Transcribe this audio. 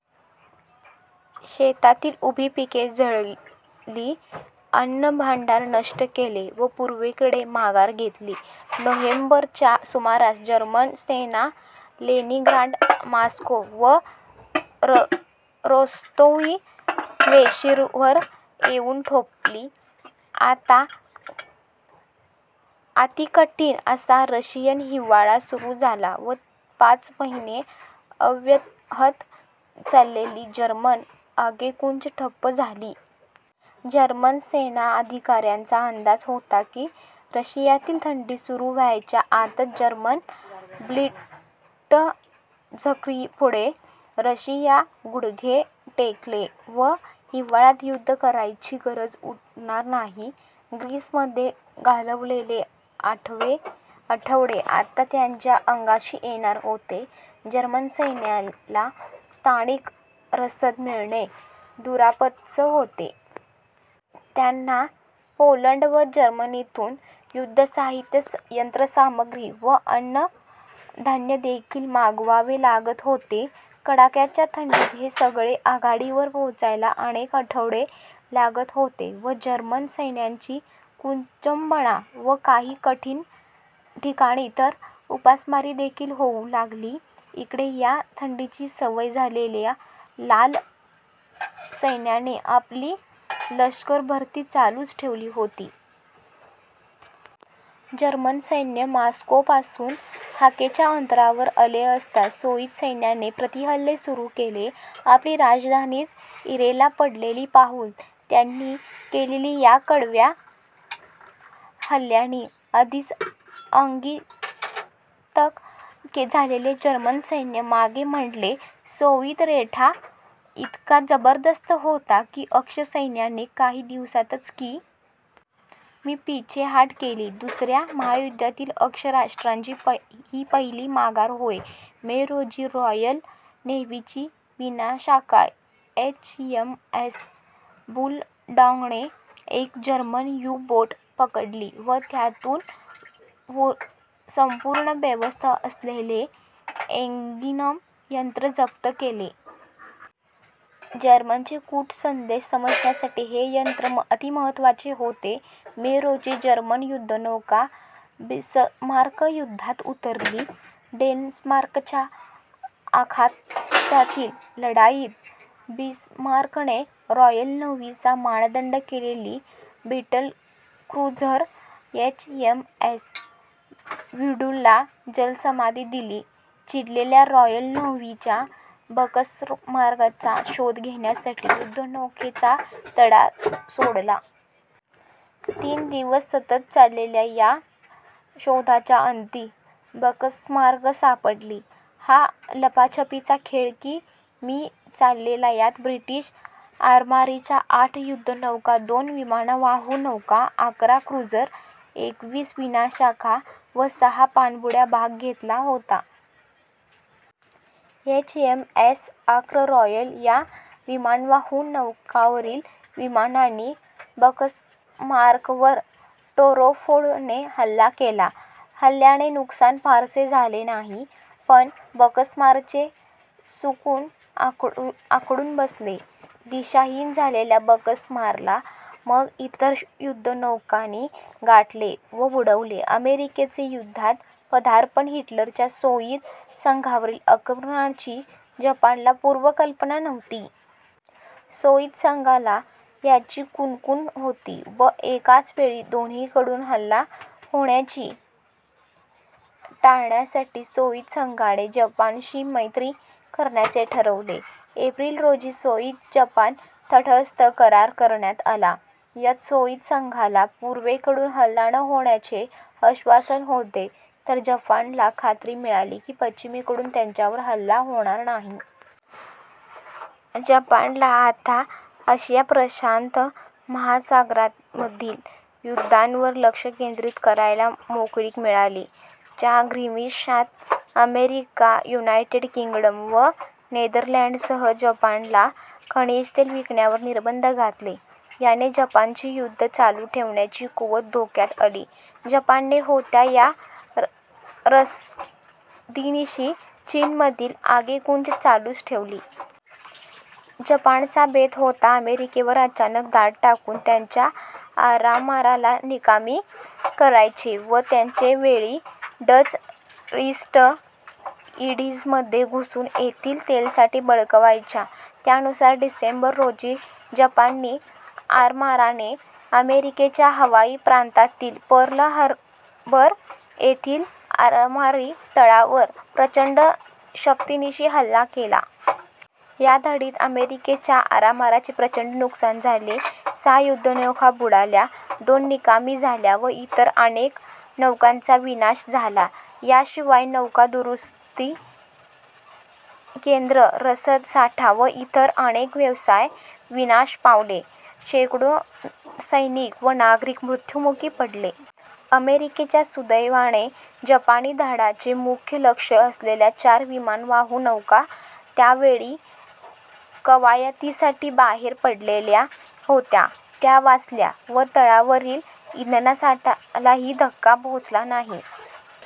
शेतातील उभी पिके जाळली, अन्नभांडार नष्ट केले व पूर्वेकडे माघार घेतली. नोव्हेंबर च्या सुमारास जर्मन सेना लेनिनग्राड, मॉस्को व रोस्तोव्हच्या वेशीवर येऊन ठेपली. आता अतिकठीण असा रशियन हिवाळा सुरू झाला व पाच महिने अव्याहत चाललेली जर्मन आगेकूच ठप्प झाली. जर्मन सेनाधिकाऱ्यांचा अंदाज होता की रशियातील थंडी सुरू व्हायच्या आतच जर्मन ब्लिट्झक्रीगपुढे रशिया गुडघे टेकेल व हिवाळ्यात युद्ध करायची गरजच उरणार नाही. ग्रीसमध्ये घालवलेले आठवडे आता त्यांच्या अंगाशी येणार होते. जर्मन सेनेला स्थानिक रसद मिळणे दुरापास्तच होते. त्यांना पोलंड व जर्मनीतून युद्धसाहित्य, यंत्रसामग्री व अन्न-धान्यदेखील मागवावे लागत होते. कडाक्याच्या थंडीत हे सगळे आघाडीवर पोचायला अनेक आठवडे लागत होते व जर्मन सैन्याची कुचंबणा व काही ठिकाणी तर उपासमारदेखील होऊ लागली. इकडे या थंडीची सवय असलेल्या लाल सैन्याने आपली लश्करभरती चालूच ठेवली होती. जर्मन सैन्य मॉस्कोपासून हाकेच्या अंतरावर आले असता सोव्हिएत सैन्याने प्रतिहल्ले सुरू केले. आपली राजधानीच इरेला पडलेली पाहून त्यांनी केलेल्या या कडव्या हल्ल्यांनी आधीच अगतिक झालेले जर्मन सैन्य मागे हटले. सोव्हिएत रेटा इतका जबरदस्त होता की अक्ष सैन्याने काही दिवसातच - कि. मी. पीछेहाट केली. दुसऱ्या महायुद्धातील अक्ष राष्ट्रांची ही पहिली माघार होय. मे, रोजी रॉयल नेव्हीची विनाशिका एच. एम. एस. बुलडॉगने एक जर्मन यू-बोट पकडली व त्यातून संपूर्णावस्थेत असलेले एनिग्मा यंत्र जप्त केले. जर्मनीचे कूटसंदेश समजण्यासाठी हे यंत्र अतिमहत्त्वाचे होते. मे रोजी जर्मन युद्धनौका बिस्मार्क युद्धात उतरली. डेन्मार्कच्या अखातातील लढाईत बिस्मार्कने रॉयल नेव्हीचा मानदंड असलेली बॅटलक्रुझर एच. एम. एस. हूडला जलसमाधी दिली. चिडलेल्या रॉयल नेव्हीने बिस्मार्कचा शोध घेण्यासाठी युद्धनौकांचा तांडा सोडला. तीन दिवस सतत चाललेल्या या शोधाच्या अंती बिस्मार्क सापडली. हा लपाछपीचा खेळ कि. मी. चालला. यात ब्रिटिश आरमाराच्या आठ युद्धनौका, दोन विमानवाहू नौका, अकरा क्रुझर, एकवीस विनाशिका व सहा पाणबुड्यांनी भाग घेतला होता. H. M. S. Ark Royal या विमानवाहू नौकेवरील विमानांनी बिस्मार्कवर टॉरपेडोने हल्ला केला. हल्ल्याने नुकसान फारसे झाले नाही पण बिस्मार्कचे सुकाणू अडकून बसले. दिशाहीन झालेल्या बिस्मार्कला मग इतर युद्धनौकांनी गाठले व बुडवले. अमेरिकेचे युद्धात पदार्पण हिटलरच्या सोव्हिएत संघावरील आक्रमणाची जपानला पूर्वकल्पना नव्हती. सोव्हिएत संघाला याची कुणकुण होती व एकाचवेळी दोन्हीकडून हल्ला होण्याचे टाळण्यासाठी सोव्हिएत संघाने जपानशी मैत्री करण्याचे ठरवले. एप्रिल, रोजी सोव्हिएत-जपान तटस्थता करार करण्यात आला. यात सोव्हिएत संघाला पूर्वेकडून हल्ला न होण्याचे आश्वासन होते तर जपानला खात्री मिळाली की पश्चिमेकडून त्यांच्यावर हल्ला होणार नाही. जपानला आता आशिया-प्रशांत महासागरामधील युद्धावर लक्ष केंद्रित करायला मोकळीक मिळाली. च्या ग्रीष्मात अमेरिका, युनायटेड किंग्डम व नेदरलँड्सने जपानला खनिजतेल विकण्यावर निर्बंध घातले. याने जपानची युद्ध चालू ठेवण्याची कुवत धोक्यात आली. जपानने होत्या त्या रसदीनिशी चीनमधील आगेकूच चालूच ठेवली. जपानचा बेत होता अमेरिकेवर अचानक धाड टाकून त्यांच्या आरमाराला निकामी करायचे व त्याच वेळी डच ईस्ट ईंडीझमध्ये घुसून तेथील तेलसाठे बळकावायचा. त्यानुसार डिसेंबर, रोजी जपानी आरमाराने अमेरिकेच्या हवाई प्रांतातील पर्ल हार्बर येथील आरमारी तळावर प्रचंड शक्तीनिशी हल्ला केला. या धाडीत अमेरिकेच्या आरमाराचे प्रचंड नुकसान झाले. सहा युद्धनौका बुडाल्या, दोन निकामी झाल्या व इतर अनेक नौकांचा विनाश झाला. या शिवाय नौका-दुरूस्ती केंद्र, रसद साठा व इतर अनेक व्यवसाय विनाश पावले. शेकडो सैनिक व नागरिक मृत्युमुखी पडले. अमेरिकेच्या सुदैवाने जपानी धाडीचे मुख्य लक्ष्य असलेल्या चार विमानवाहू नौका त्या वेळी कवायतींसाठी बाहेर पडलेल्या होत्या त्या वाचल्या व तळावरील इंधनसाठ्यालाही धक्का पोचला नाही.